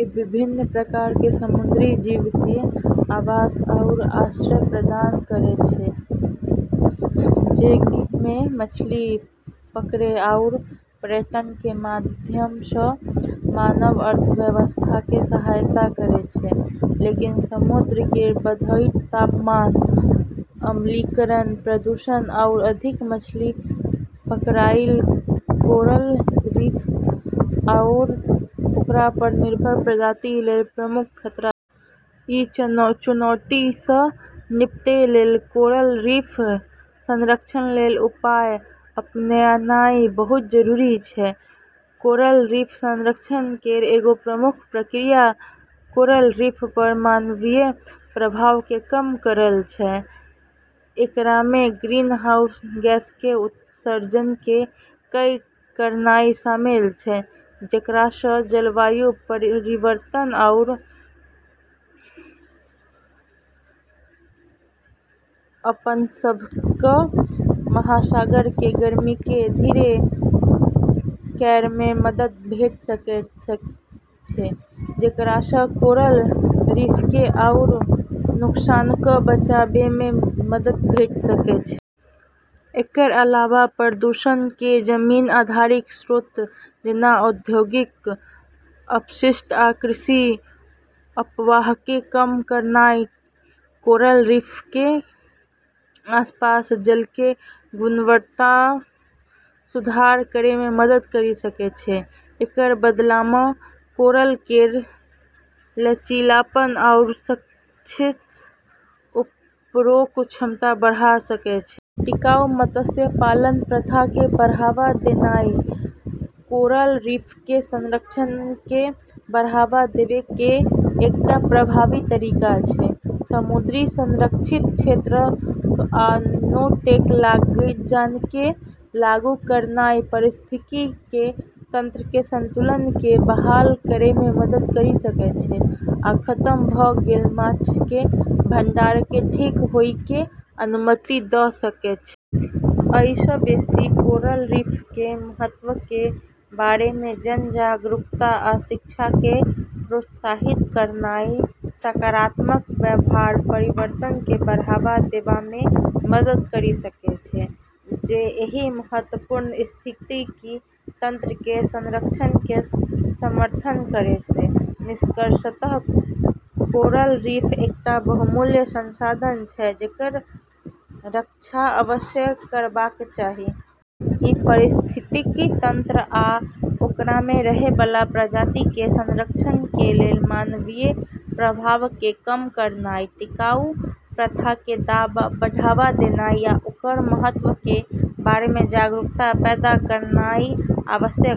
ई विभिन्न प्रकारके समुद्री जीवके आवास आओर आश्रय प्रदान करै छै, सङ्गहेँ मछली पकड़ै आओर पर्यटनके माध्यमसँ मानव अर्थव्यवस्थाके सहायता करै छै। लेकिन, समुद्र केर बढ़ैत तापमान, अम्लीकरण, प्रदूषण, आओर अधिक मछली पकड़नाइ कोरल रीफ आओर ओकरा पर निर्भर प्रजाति लेल प्रमुख खतरा छै। ई चुनौतिसँ निपटै लेल कोरल रीफ संरक्षण लेल उपाय अपनेनाइ बहुत जरूरी छै। कोरल रीफ संरक्षण केर एगो प्रमुख तरीका कोरल रीफ पर मानवीय प्रभावके कम करब छै। एकरामे ग्रीनहाउस गैसके उत्सर्जनके कम करनाइ शामिल छै, जेकरासँ जलवायु परिवर्तन आओर अपनसभक महासागरके गर्मीके धीरे करैमे मदद भेट सकैत सकै छै, जेकरासँ कोरल रीफके आओर नुकसानसँ बचाबैमे मदद भेट सकै छै। एकर अलावा, प्रदूषणके जमीन आधारित स्रोत, जेना औद्योगिक अपशिष्ट आ कृषि अपवाहके कम करनाइ कोरल रीफके आसपास जलके गुणवत्तामे सुधार करैमे मदद करि सकै छै। एकर बदलामे कोरल केर लचीलापन आओर क्षतिसँ उबरैक क्षमता बढ़ा सकै छै। टिकाऊ मत्स्य पालन प्रथाके बढ़ावा देनाइ कोरल रीफके संरक्षणके बढ़ावा देबैके एकटा प्रभावी तरीका छै। समुद्री संरक्षित क्षेत्रक आ नो-टेक जोनके लागू करनाइ पारिस्थितिकी तंत्रके संतुलनके बहाल करैमे मदद करि सकै छै आ खतम भ' गेल माछक भंडारके ठीक होइके अनुमति द' सकै छै। अइसँ बेशी, कोरल रीफके महत्वके बारेमे जन जागरूकता आ शिक्षाके प्रोत्साहित करनाइ सकारात्मक व्यवहार परिवर्तनके बढ़ावा देबामे मदद करि सकै छै जे एहि महत्वपूर्ण पारिस्थितिकी तंत्रके संरक्षणके समर्थन करै छै। निष्कर्षतः कोरल रीफ एकटा बहुमूल्य संसाधन अछि जकर रक्षा अवश्य करबाक चाही। ई पारिस्थितिकी तंत्र आ ओकरामे रहैबला प्रजातिके संरक्षणके लेल मानवीय प्रभावके कम करनाइ, टिकाऊ प्रथाके बढ़ावा देनाइ आ ओकर महत्वके बारेमे जागरूकता पैदा करनाइ आवश्यक छै।